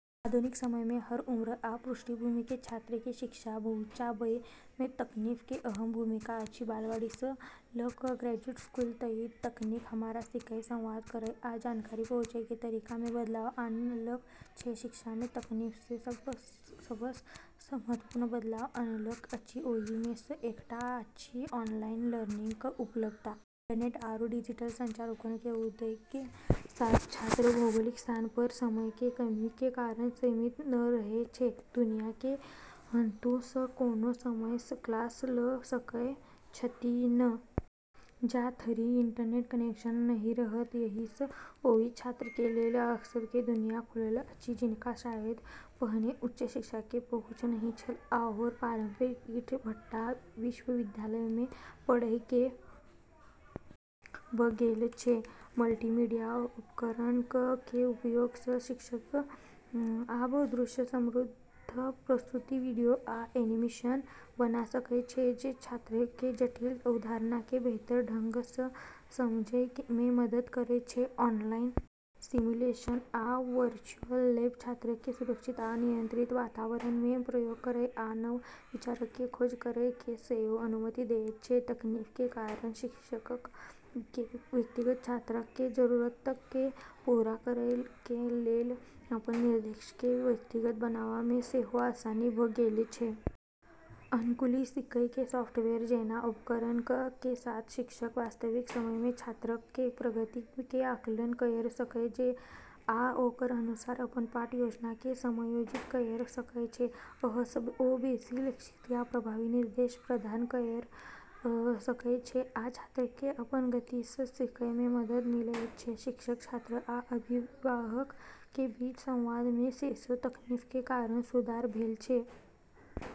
आधुनिक समय मे हर उम्र आ पृष्ठभूमि के छात्र के शिक्षा पहुंचाबय मे तकनीक के अहम भूमिका अछि, बालवाड़ी सं ल क ग्रेजुएट स्कूल तइक, तकनीक हमरा सीखय, संवाद करय आ जानकारी पहुंचय कें तरीका मे बदलाव आनलक छै, शिक्षा मे तकनीक जे सबस महत्वपूर्ण बदलाव अनलक अछि ओहि मे स एकटा अछि ऑनलाइन लर्निंग क उपलब्धता। इंटरनेट आरू डिजिटल संचार उपकरण के उदय के साथ छात्र भौगोलिक स्थान या समय के कमी के कारण सीमित नै रहे छै। दुनिया के कतहु सं कोनो समय सं क्लास ल सकय छथिन्ह जा धरि इंटरनेट कनेक्शन नहिं रहत एहि सं ओहि छात्र के लेल अवसर के दुनिया खुलल अछि जिनका शायद पहिने उच्च शिक्षा के पहुंच नहिं छल आओर पारंपरिक ईंट-भट्ठा विश्वविद्यालय में पढ़य के भ गेल छै, मल्टीमीडिया उपकरणक कें उपयोग सं शिक्षक आब दृश्य-समृद्ध प्रस्तुति, वीडियो आ एनीमेशन बना सकय छै जे छात्रक कें जटिल अवधारणा कें बेहतर ढंग सं समझय मे मदद करय छै, ऑनलाइन सिमुलेशन आ वर्चुअल लैब छात्रक कें सुरक्षित आ नियंत्रित वातावरण मे प्रयोग करय आ नव विचारक कें खोज करय कें सेहो अनुमति देयत छै, तकनीक कें कारण शिक्षकक कें व्यक्तिगत छात्रक कें जरूरतक कें पूरा करय कें लेल अपन निर्देश कें व्यक्तिगत बनावा मे सेहो आसानी भ गेल छै. अनुकूली सीखय कें सॉफ्टवेयर जैना उपकरणक कें साथ शिक्षक वास्तविक समय मे छात्रक कें प्रगति कें आकलन कयर सकय छै आ ओकर अनुसार अपन पाठ योजना कें समायोजित कयर सकय छै. अइ सं ओ बेसि लक्षित आ प्रभावी निर्देश प्रदान कयर सकय छै आ छात्रक कें अपन गति सं सीखय मे मदद मिलयत छै, शिक्षक, छात्र आ अभिभावक के बीच संवाद में सेहो तकनीक के कारण सुधार भेल अछि।